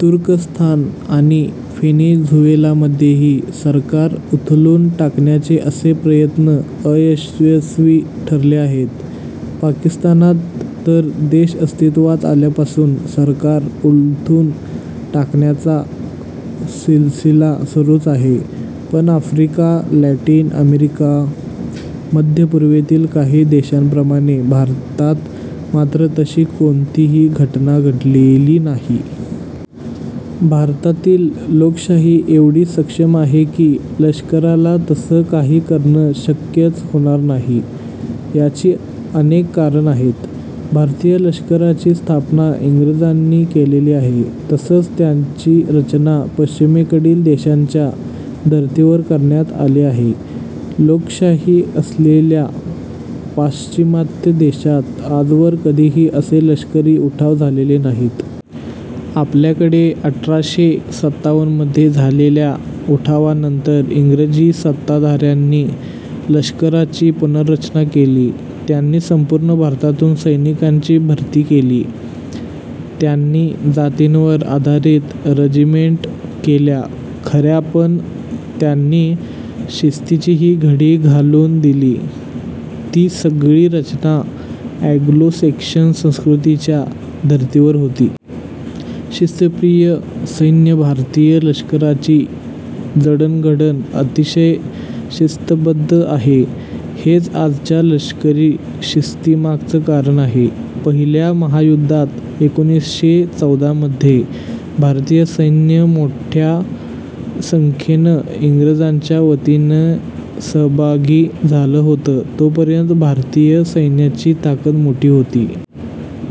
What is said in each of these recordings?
तुर्कस्तान आणि व्हेनेझुएलामध्येही सरकार उलथून टाकण्याचे असे प्रयत्न अयशस्वी ठरले आहेत. पाकिस्तानात तर देश अस्तित्वात आल्यापासून सरकारं उलथून टाकण्याचा सिलसिला सुरूच आहे. पण आफ्रिका, लॅटिन अमेरिका, मध्य पूर्वेतील काही देशांप्रमाणे भारतात मात्र तशी कोणतीही घटना घडलेली नाही. भारतातील लोकशाही एवढी सक्षम आहे की लष्कराला तसं काही करणं शक्यच होणार नाही. याची अनेक कारणं आहेत. भारतीय लष्कराची स्थापना इंग्रजांनी केलेली आहे. तसंच त्याची रचना पश्चिमेकडील देशांच्या धर्तीवर करण्यात आली आहे. लोकशाही असलेल्या पाश्चिमात्य देशांत आजवर कधीही असे लष्करी उठाव झालेले नाहीत. आपल्याकडे अठराशे सत्तावन्नमध्ये झालेल्या उठावानंतर इंग्रजी सत्ताधाऱ्यांनी लष्कराची पुनर्रचना केली. त्यांनी संपूर्ण भारतातून सैनिकांची भरती केली. त्यांनी जातींवर आधारित रेजिमेंट केल्या खऱ्या, पण त्यांनी शिस्तीचीही घडी घालून दिली. ती सगळी रचना अँग्लो सेक्शन संस्कृतीच्या धर्तीवर होती. शिस्तप्रिय सैन्य भारतीय लष्कराची जडणघडण अतिशय शिस्तबद्ध आहे. हेच आजच्या लष्करी शिस्तीमागचं कारण आहे. पहिल्या महायुद्धात, एकोणीसशे चौदामध्ये भारतीय सैन्य मोठ्या संख्येनं इंग्रजांच्या वतीने सहभागी झालं होतं. तोपर्यंत भारतीय सैन्याची ताकद मोठी होती.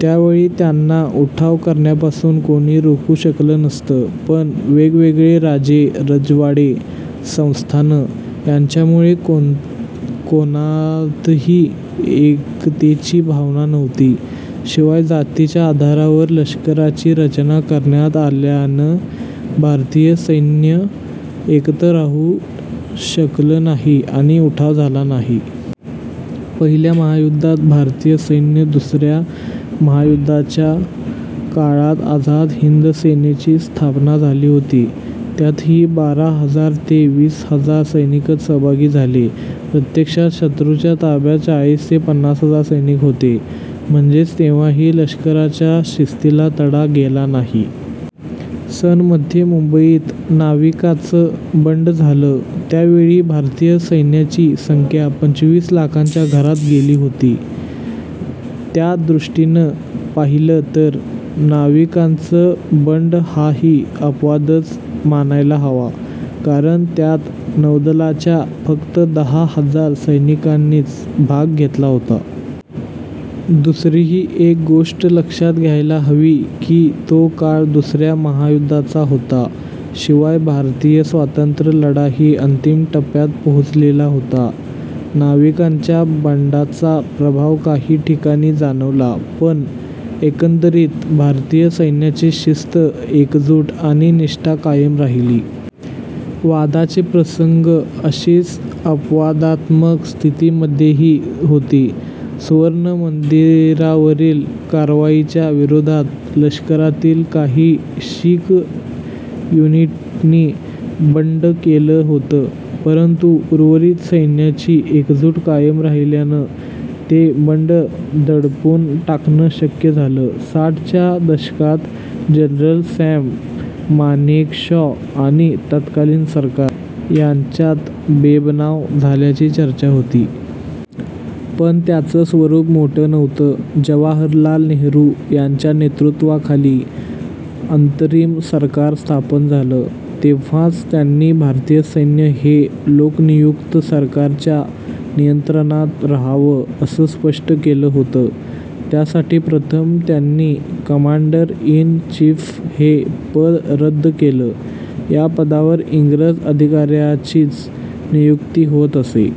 त्यावेळी त्यांना उठाव करण्यापासून कोणी रोखू शकलं नसतं. पण वेगवेगळे राजे रजवाडे, संस्थानं यांच्यामुळे कोणातही एकतेची भावना नव्हती. शिवाय जातीच्या आधारावर लष्कराची रचना करण्यात आल्यानं भारतीय सैन्य एकत्र राहू शकल नाही आणि उठाव झाला नाही. पहिल्या महायुद्धात भारतीय सैन्य दुसऱ्या महायुद्धाच्या काळात आझाद हिंद सेनेची स्थापना झाली होती. त्यातही बारा हजार ते वीस हजार सैनिकच सहभागी झाले. प्रत्यक्षात शत्रूच्या ताब्यात चाळीस ते पन्नास हजार सैनिक होते. म्हणजेच तेव्हाही लष्कराच्या शिस्तीला तडा गेला नाही. सन मध्ये मुंबईत नाविकांचं बंड झालं. त्यावेळी भारतीय सैन्याची संख्या पंचवीस लाखांच्या घरात गेली होती. त्यादृष्टीनं पाहिलं तर, नाविकांचं बंड हाही अपवादच मानायला हवा. कारण त्यात नौदलाच्या फक्त दहा हजार सैनिकांनीच भाग घेतला होता. दुसरीही एक गोष्ट लक्षात घ्यायला हवी की, तो काळ दुसऱ्या महायुद्धाचा होता. शिवाय, भारतीय स्वातंत्र्य लढाही अंतिम टप्प्यात पोहोचलेला होता. नाविकांच्या बंडाचा प्रभाव काही ठिकाणी जाणवला, पण एकंदरीत भारतीय सैन्याची शिस्त, एकजूट आणि निष्ठा कायम राहिली. वादाचे प्रसंग अशीच अपवादात्मक स्थिती मध्येही होती. सुवर्ण मंदिरावरील कारवाईच्या विरोधात लष्करातील काही शीख युनिटनी बंड केलं होतं. परंतु, उर्वरित सैन्याची एकजूट कायम राहिल्यानं ते बंड दडपून टाकणं शक्य झालं. साठच्या दशकात जनरल सॅम माणेकशॉ आणि तत्कालीन सरकार यांच्यात बेबनाव झाल्याची चर्चा होती. पण त्याचं स्वरूप मोठं नव्हतं. जवाहरलाल नेहरू यांच्या नेतृत्वाखाली अंतरिम सरकार स्थापन झालं तेव्हाच, त्यांनी भारतीय सैन्य हे लोकनियुक्त सरकारच्या नियंत्रणात रहावं, असं स्पष्ट केलं होतं. त्यासाठी प्रथम त्यांनी कमांडर इन चीफ हे पद रद्द केलं. या पदावर इंग्रज अधिकाऱ्याचीच नियुक्ती होत असे.